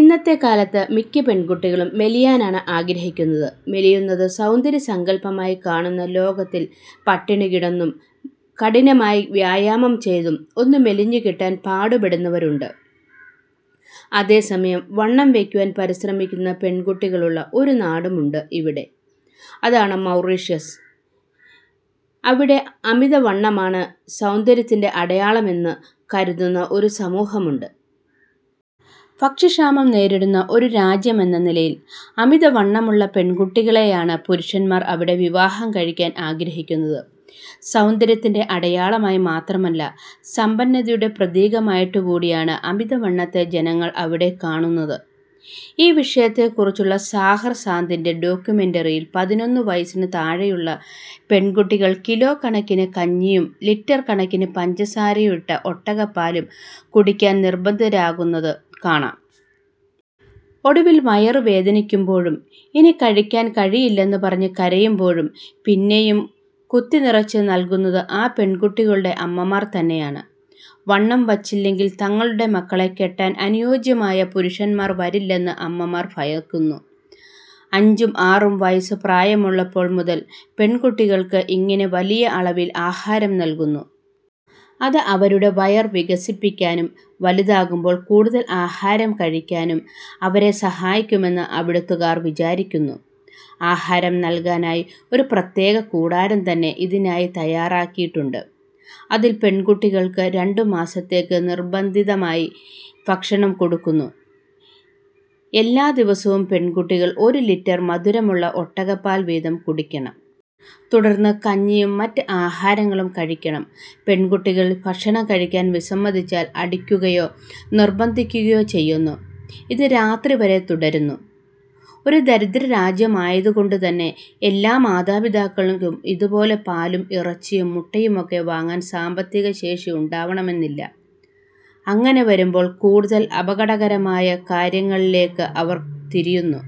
ഇന്നത്തെ കാലത്ത് മിക്ക പെൺകുട്ടികളും മെലിയാനാണ് ആഗ്രഹിക്കുന്നത്. മെലിയുന്നത് സൗന്ദര്യസങ്കല്പമായി കാണുന്ന ലോകത്തിൽ പട്ടിണി കിടന്നും കഠിനമായി വ്യായാമം ചെയ്തും ഒന്ന് മെലിഞ്ഞു കിട്ടാൻ പാടുപെടുന്നവരുണ്ട്. അതേസമയം വണ്ണം വയ്ക്കാൻ പരിശ്രമിക്കുന്ന പെൺകുട്ടികളുള്ള ഒരു നാടുമുണ്ട് ഇവിടെ. അതാണ് മൗറീഷ്യസ്. അവിടെ അമിതവണ്ണമാണ് സൗന്ദര്യത്തിൻ്റെ അടയാളമെന്ന് കരുതുന്ന ഒരു സമൂഹമുണ്ട്. ഭക്ഷ്യക്ഷാമം നേരിടുന്ന ഒരു രാജ്യമെന്ന നിലയിൽ അമിതവണ്ണമുള്ള പെൺകുട്ടികളെയാണ് പുരുഷന്മാർ അവിടെ വിവാഹം കഴിക്കാൻ ആഗ്രഹിക്കുന്നത്. സൗന്ദര്യത്തിൻ്റെ അടയാളമായി മാത്രമല്ല, സമ്പന്നതയുടെ പ്രതീകമായിട്ടുകൂടിയാണ് അമിതവണ്ണത്തെ ജനങ്ങൾ അവിടെ കാണുന്നത്.ഈ വിഷയത്തെക്കുറിച്ചുള്ള സഹാർ സാന്ദിൻ്റെ ഡോക്യുമെന്ററിയിൽ പതിനൊന്ന് വയസ്സിന് താഴെയുള്ള പെൺകുട്ടികൾ കിലോക്കണക്കിന് കഞ്ഞിയും ലിറ്റർ കണക്കിന് പഞ്ചസാരയിട്ട ഒട്ടകപ്പാലും കുടിക്കാൻ നിർബന്ധിതരാകുന്നത് കാണാം. ഒടുവിൽ വയറുവേദനിക്കുമ്പോഴും ഇനി കഴിക്കാൻ കഴിയില്ലെന്ന് പറഞ്ഞ് കരയുമ്പോഴും പിന്നെയും കുത്തിനിറച്ച് നൽകുന്നത് ആ പെൺകുട്ടികളുടെ അമ്മമാർ തന്നെയാണ്. വണ്ണം വച്ചില്ലെങ്കിൽ തങ്ങളുടെ മക്കളെ കെട്ടാൻ അനുയോജ്യരായ പുരുഷന്മാർ വരില്ലെന്ന് അമ്മമാർ ഫയക്കുന്നു. അഞ്ചും ആറും വയസ്സ് പ്രായമുള്ളപ്പോൾ മുതൽ പെൺകുട്ടികൾക്ക് ഇങ്ങനെ വലിയ അളവിൽ ആഹാരം നൽകുന്നു. ഇത് അവരുടെ വയർ വികസിക്കാനും വലുതാകുമ്പോൾ കൂടുതൽ ആഹാരം കഴിക്കാനും അവരെ സഹായിക്കുമെന്ന് അവിടുത്തുകാർ വിചാരിക്കുന്നു. ആഹാരം നൽകാനായി ഒരു പ്രത്യേക കൂടാരം തന്നെ ഇതിനായി തയ്യാറാക്കിയിട്ടുണ്ട്. അതിൽ പെൺകുട്ടികൾക്ക് രണ്ടുമാസത്തേക്ക് നിർബന്ധിതമായി ഭക്ഷണം കൊടുക്കുന്നു. എല്ലാ ദിവസവും പെൺകുട്ടികൾ ഒരു ലിറ്റർ മധുരമുള്ള ഒട്ടകപ്പാൽ വീതം കുടിക്കണം. തുടർന്ന് കഞ്ഞിയും മറ്റ് ആഹാരങ്ങളും കഴിക്കണം. പെൺകുട്ടികൾ ഭക്ഷണം കഴിക്കാൻ വിസമ്മതിച്ചാൽ അടിക്കുകയോ നിർബന്ധിക്കുകയോ ചെയ്യുന്നു. ഇത് രാത്രി വരെ തുടരുന്നു. ഒരു ദരിദ്രരാജ്യമായതുകൊണ്ടുതന്നെ എല്ലാ മാതാപിതാക്കൾക്കും ഇതുപോലെ പാലും ഇറച്ചിയും മുട്ടയുമൊക്കെ വാങ്ങാൻ സാമ്പത്തിക ശേഷിയുണ്ടാകണമെന്നില്ല. അങ്ങനെ വരുമ്പോൾ കൂടുതൽ അപകടകരമായ കാര്യങ്ങളിലേയ്ക്ക് അവർ തിരിയുന്നു.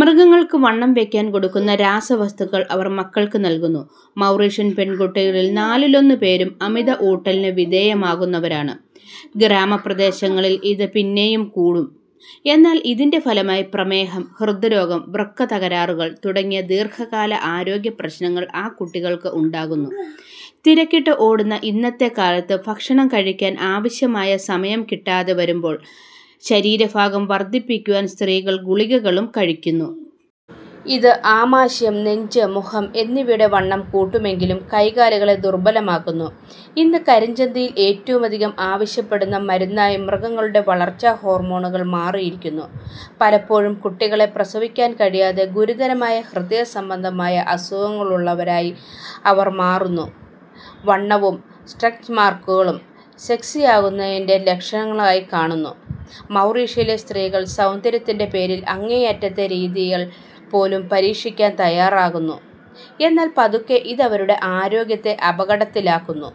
മൃഗങ്ങൾക്ക് വണ്ണം വയ്ക്കാൻ കൊടുക്കുന്ന രാസവസ്തുക്കൾ അവർ മക്കൾക്ക് നൽകുന്നു. മൗറീഷ്യൻ പെൺകുട്ടികളിൽ നാലിലൊന്ന് പേരും അമിത ഊട്ടലിന് വിധേയമാകുന്നവരാണ്. ഗ്രാമപ്രദേശങ്ങളിൽ ഇത് പിന്നെയും കൂടും. എന്നാൽ ഇതിൻ്റെ ഫലമായി പ്രമേഹം, ഹൃദ്രോരോഗം, വൃക്ക തകരാറുകൾ തുടങ്ങിയ ദീർഘകാല ആരോഗ്യപ്രശ്നങ്ങൾ ആ കുട്ടികൾക്ക് ഉണ്ടാകുന്നു. തിരക്കിട്ട് ഓടുന്ന ഇന്നത്തെ കാലത്ത് ഭക്ഷണം കഴിക്കാൻ ആവശ്യമായ സമയം കിട്ടാതെ വരുമ്പോൾ ശരീരഭാരം വർദ്ധിപ്പിക്കാൻ സ്ത്രീകൾ ഗുളികകളും കഴിക്കുന്നു. ഇത് ആമാശയം, നെഞ്ച്, മുഖം എന്നിവയുടെ വണ്ണം കൂട്ടുമെങ്കിലും കൈകാലുകളെ ദുർബലമാക്കുന്നു. ഇന്ന് കരിഞ്ചന്തയിൽ ഏറ്റവുമധികം ആവശ്യപ്പെടുന്ന മരുന്നായി മൃഗങ്ങളുടെ വളർച്ചാ ഹോർമോണുകൾ മാറിയിരിക്കുന്നു. പലപ്പോഴും കുട്ടികളെ പ്രസവിക്കാൻ കഴിയാതെ ഗുരുതരമായ ഹൃദയസംബന്ധമായ അസുഖങ്ങളുള്ളവരായി അവർ മാറുന്നു. വണ്ണവും സ്ട്രെച്ച് മാർക്കുകളും സെക്സിയാകുന്നതിൻ്റെ ലക്ഷണങ്ങളായി കാണുന്ന മൗറീഷ്യയിലെ സ്ത്രീകൾ സൗന്ദര്യത്തിൻ്റെ പേരിൽ അങ്ങേയറ്റത്തെ രീതികൾ പോലും പരീക്ഷിക്കാൻ തയ്യാറാകുന്നു. എന്നാൽ പതുക്കെ ഇതവരുടെ ആരോഗ്യത്തെ അപകടത്തിലാക്കുന്നു.